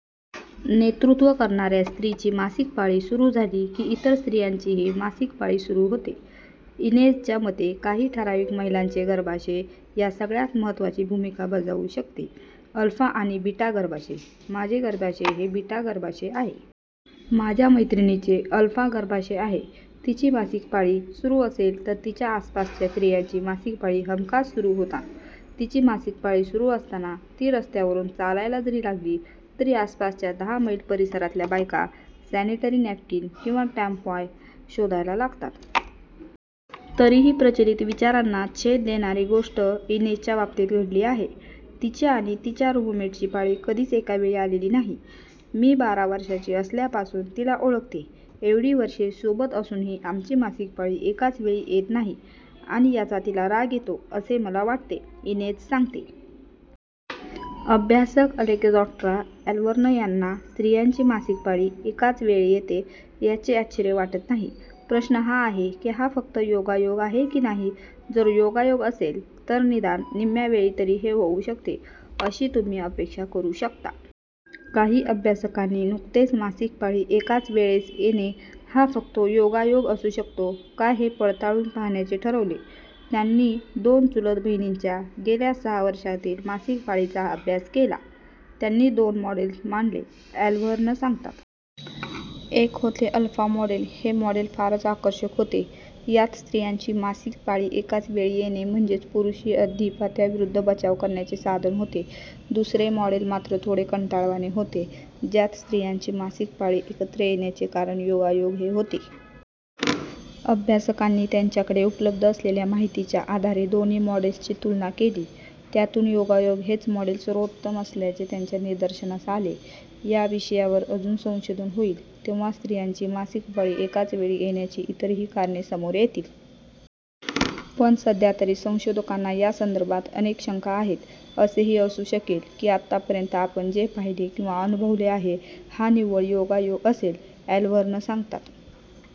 नेतृत्व करणाऱ्या स्त्रीची मासिक पाळी सुरू झाली की, इतर स्त्रियांचीही मासिक पाळी सुरू होते. इनेझच्या मते, काही ठराविक महिलांचे गर्भाशय या सगळ्यात महत्त्वाची भूमिका बजावू शकते. अल्फा आणि बीटा गर्भाशय - "माझे गर्भाशय हे बीटा गर्भाशय आहे. माझ्या मैत्रिणीचे अल्फा गर्भाशय आहे. तिची मासिक पाळी सुरू असेल तर तिच्या आसपासच्या स्त्रियांची मासिक पाळी हमखास सुरू होणार. तिची मासिक पाळी सुरू असताना ती रस्त्यावरून चालायला जरी लागली तरी आसपासच्या दहा मैल परिसरातल्या बायका सॅनिटरी नॅपकिन किंवा टॅम्पॉन शोधायला लागतात." तरीही प्रचलित विचारांना छेद देणारी गोष्ट इनेझच्या बाबतीत घडली आहे. तिची आणि तिच्या रूममेटची पाळी कधीच एका वेळी आलेली नाही. "मी बारा वर्षांची असल्यापासून तिला ओळखते. एवढी वर्षे सोबत असूनही आमची मासिक पाळी एकाच वेळी येत नाही आणि याचा तिला राग येतो असे मला वाटते," इनेझ सांगते. अभ्यासक अलेक्झांड्रा ॲलव्हर्न यांना स्त्रियांची मासिक पाळी एकाच वेळेस येते याचे आश्चर्य वाटत नाही. "प्रश्न हा आहे की हा फक्त योगायोग आहे की नाही? जर योगायोग असेल तर निदान निम्म्या वेळी तरी हे होऊ शकते अशी तुम्ही अपेक्षा करू शकता. काही अभ्यासकांनी नुकतेच मासिक पाळी एकाच वेळेस येणे हा फक्त योगायोग असू शकतो का हे पडताळून पाहण्याचे ठरवले. त्यांनी दोन चुलत बहिणींच्या गेल्या सहा वर्षांतील मासिक पाळीचा अभ्यास केला." "त्यांनी दोन मॉडेल्स मांडले," ॲलव्हर्न सांगतात. "एक होते 'अल्फा' मॉडेल. हे मॉडेल फारच आकर्षक होते; यात स्त्रियांची मासिक पाळी एकाच वेळी येणे म्हणजे पुरुषी अधिपत्याविरुद्ध बचाव करण्याचे साधन होते. दुसरे मॉडेल मात्र थोडे कंटाळवाणे होते, ज्यात स्त्रियांची मासिक पाळी एकत्र येण्याचे कारण योगायोग हे होते. अभ्यासकांनी त्यांच्याकडे उपलब्ध असलेल्या माहितीच्या आधारे दोन्ही मॉडेल्सची तुलना केली. त्यातून 'योगायोग' हेच मॉडेल सर्वोत्तम असल्याचे त्यांच्या निदर्शनास आले. या विषयावर अजून संशोधन होईल, तेव्हा स्त्रियांची मासिक पाळी एकाच वेळी येण्याची इतरही कारणे समोर येतील. पण सध्यातरी संशोधकांना या संदर्भात अनेक शंका आहेत. "असेही असू शकेल की, आतापर्यंत आपण जे पाहिले किंवा अनुभवले आहे, हा निव्वळ योगायोग असेल," ॲलव्हर्न सांगतात.